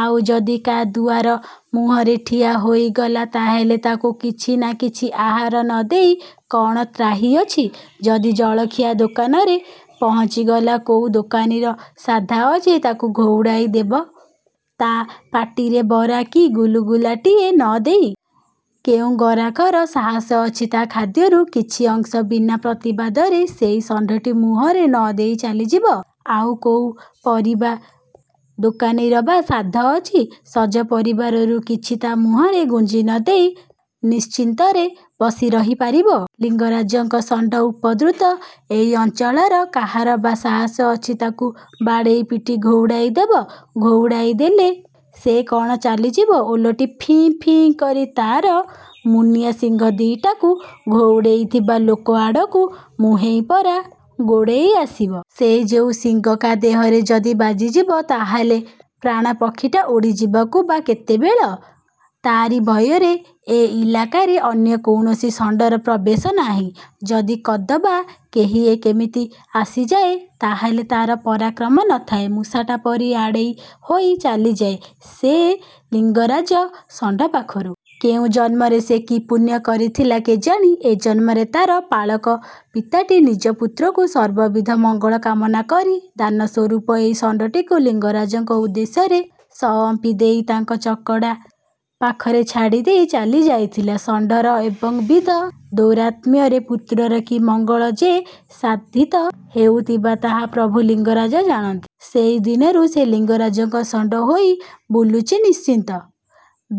ଆଉ ଯଦି କା' ଦୁଆର ମୁହଁରେ ଠିଆ ହୋଇଗଲା ତା'ହେଲେ ତାକୁ କିଛି ନା କିଛି ଆହାର ନ ଦେଇ କ'ଣ ତ୍ରାହି ଅଛି? ଯଦି ଜଳଖିଆ ଦୋକାନରେ ପହଞ୍ଚି ଗଲା, କୋଉ ଦୋକାନୀର ସାଧ୍ୟ ଅଛି ତାକୁ ଘଉଡ଼ାଇ ଦେବ ତା'। ପାଟିରେ ବରା କି ଗୁଲୁଗୁଲାଟିଏ ନ ଦେଇ। କେଉଁ ଗରାଖର ସାହସ ଅଛି ତା' ଖାଦ୍ୟରୁ କିଛି ଅଂଶ ବିନା ପ୍ରତିବାଦରେ ସେଇ ଷଣ୍ଢଟି ମୁହଁରେ ନ ଦେଇ ଚାଲିଯିବ। ଆଉ କୋଉ ପରିବା ଦୋକାନୀର ବା ସାଧ୍ୟ ଅଛି ସଜ ପରିବାରୁ କିଛି ତା' ମୁହଁରେ ଗୁଞ୍ଜି ନ ଦେଇ ନିଶ୍ଚିନ୍ତରେ ବସି ରହି ପାରିବ? -ଲିଙ୍ଗରାଜଙ୍କ ଷଣ୍ଢ ଉପଦ୍ରୁତ ଏଇ ଅଞ୍ଚଳର କାହାର ବା ସାହସ ଅଛି ତାକୁ ବାଡ଼େଇ ପିଟି ଘଉଡ଼ାଇ ଦେବ? ଘଉଡ଼ାଇ ଦେଲେ ସେ କ'ଣ ଚାଲିଯିବ? ଓଲଟି ଫଁ ଫଁ କରି ତା'ର ମୁନିଆ ଶିଙ୍ଗ ଦି'ଟାକୁ ଘଉଡ଼େଇ ଥିବା ଲୋକ ଆଡ଼କୁ ମୁହେଁଇ ପରା ଗୋଡ଼େଇ ଆସିବ! ସେ ଯେଉଁ ଶିଙ୍ଗ କା ଦେହରେ ଯଦି ବାଜିଯିବ ତା'ହେଲେ ପ୍ରାଣପକ୍ଷୀଟା ଉଡ଼ିଯିବାକୁ ବା କେତେବେଳ-? ତାରି ଭୟରେ ଏ ଇଲାକାରେ ଅନ୍ୟ କୌଣସି ଷଣ୍ଢର ପ୍ରବେଶ ନାହିଁ। ଯଦି କଦବା କେହି କେମିତି ଆସିଯାଏ, ତା'ହେଲେ ତା'ର ପରାକ୍ରମ ନଥାଏ, ମୂଷାଟା ପରି ଆଡ଼େଇ ହୋଇ ଚାଲିଯାଏ ସେ ଲିଙ୍ଗରାଜ ଷଣ୍ଢ ପାଖରୁ। କେଉଁ ଜନ୍ମରେ ସେ କି ପୁଣ୍ୟ କରିଥିଲା କେଜାଣି ଏ ଜନ୍ମରେ ତା'ର ପାଳକ ପିତାଟି ନିଜ ପୁତ୍ରର ସର୍ବବିଧ ମଙ୍ଗଳ କାମନା କରି ଦାନ ସ୍ୱରୂପ ଏଇ ଷଣ୍ଢଟିକୁ ଲିଙ୍ଗରାଜଙ୍କ ଉଦ୍ଦେଶ୍ୟରେ ସଅଁପି ଦେଇ ତାଙ୍କ ଚକଡ଼ା ପାଖରେ ଛାଡ଼ିଦେଇ ଚାଲି ଯାଇଥିଲା। ଷଣ୍ଢର ଏବଂବିଧ ଦୌରାତ୍ମ୍ୟରେ ପୁତ୍ରର କି ମଙ୍ଗଳ ଯେ ସାଧିତ ହେଉଥିବ ତାହା ପ୍ରଭୁ ଲିଙ୍ଗରାଜ ଜାଣନ୍ତି। ସେଇ ଦିନରୁ ସେ 'ଲିଙ୍ଗରାଜଙ୍କ ଷଣ୍ଢ' ହୋଇ ବୁଲୁଚି ନିଶ୍ଚିନ୍ତ,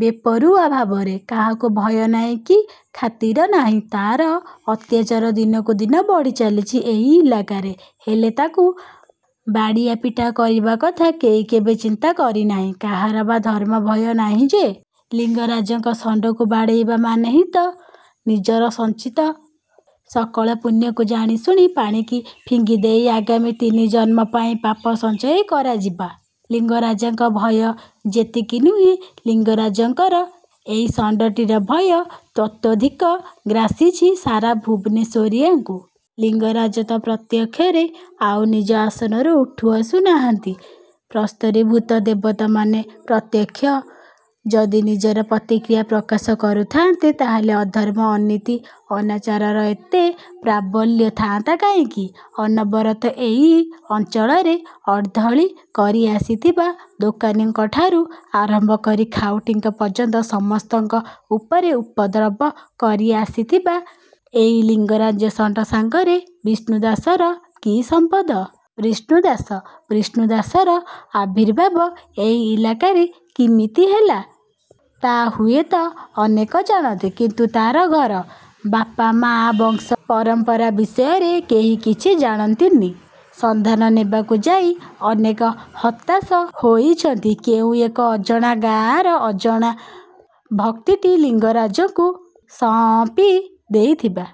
ବେପରୁଆ ଭାବରେ। କାହାକୁ ଭୟ ନାହିଁ କି ଖାତିର ନାହିଁ। ତା'ର ଅତ୍ୟାଚାର ଦିନକୁ ଦିନ ବଢ଼ିଚାଲିଛି ଏଇ ଇଲାକାରେ, ହେଲେ ତାକୁ ବାଡ଼ିଆପିଟା କରିବା କଥା କେହି କେବେ ଚିନ୍ତା କରିନାହିଁ। କାହାର ବା ଧର୍ମ ଭୟ ନାହିଁ ଯେ? ଲିଙ୍ଗରାଜଙ୍କ ଷଣ୍ଢକୁ ବାଡ଼େଇବା ମାନେ ହିଁ ତ ନିଜର ସଞ୍ଚିତ ସକଳ ପୁଣ୍ୟକୁ ଜାଣିଶୁଣି ପାଣିକୁ ଫିଙ୍ଗି ଦେଇ ଆଗାମୀ ତିନି ଜନ୍ମ ପାଇଁ ପାପ ସଞ୍ଚୟ କରାଯିବା। ଲିଙ୍ଗରାଜଙ୍କ ଭୟ ଯେତିକି ନୁହେଁ, ଲିଙ୍ଗରାଜଙ୍କର ଏଇ ଷଣ୍ଢଟିର ଭୟ ତତୋଽଧିକ ଗ୍ରାସିଛି ସାରା ଭୁବନେଶ୍ୱରିଆଙ୍କୁ। ଲିଙ୍ଗରାଜ ତ ପ୍ରତ୍ୟକ୍ଷରେ ଆଉ ନିଜ ଆସନରୁ ଉଠି ଆସୁ ନାହାନ୍ତି। ପ୍ରସ୍ତରୀଭୂତ ଦେବତାମାନେ ପ୍ରତ୍ୟକ୍ଷ ଯଦି ନିଜର ପ୍ରତିକ୍ରିୟା ପ୍ରକାଶ କରୁଥାନ୍ତେ ତା'ହେଲେ ଅଧର୍ମ, ଅନୀତି, ଅନାଚାରର ଏତେ ପ୍ରାବଲ୍ୟ ଥାନ୍ତା କାହିଁକି? ଅନବରତ ଏଇ ଅଞ୍ଚଳରେ ଅର୍ଦ୍ଦଳି କରି ଆସିଥିବା ଦୋକାନୀଙ୍କଠୁଁ ଆରମ୍ଭ କରି ଖାଉଟିଙ୍କ ପର୍ଯ୍ୟନ୍ତ ସମସ୍ତଙ୍କ ଉପରେ ଉପଦ୍ରବ କରି ଆସିଥିବା ଏଇ ଲିଙ୍ଗରାଜ ଷଣ୍ଢ ସାଙ୍ଗରେ ବିଷ୍ଣୁ ଦାସର କି ସମ୍ବନ୍ଧ? ବିଷ୍ଣୁ ଦାସ! ବିଷ୍ଣୁ ଦାସର ଆବିର୍ଭାବ ଏଇ ଇଲାକାରେ କିମିତି ହେଲା ତା' ହୁଏତ ଅନେକ ଜାଣନ୍ତି; କିନ୍ତୁ ତା'ର ଘର, ବାପା ମାଆ, ବଂଶ ପରମ୍ପରା ବିଷୟରେ କେହି କିଛି ଜାଣନ୍ତିନି। ସନ୍ଧାନ ନେବାକୁ ଯାଇ ଅନେକ ହତାଶ ହୋଇଛନ୍ତି। କେଉଁ ଏକ ଅଜଣା ଗାଆଁର ଅଜଣା ଭକ୍ତଟି ଲିଙ୍ଗରାଜଙ୍କୁ ସଅଁପି ଦେଇଥିବା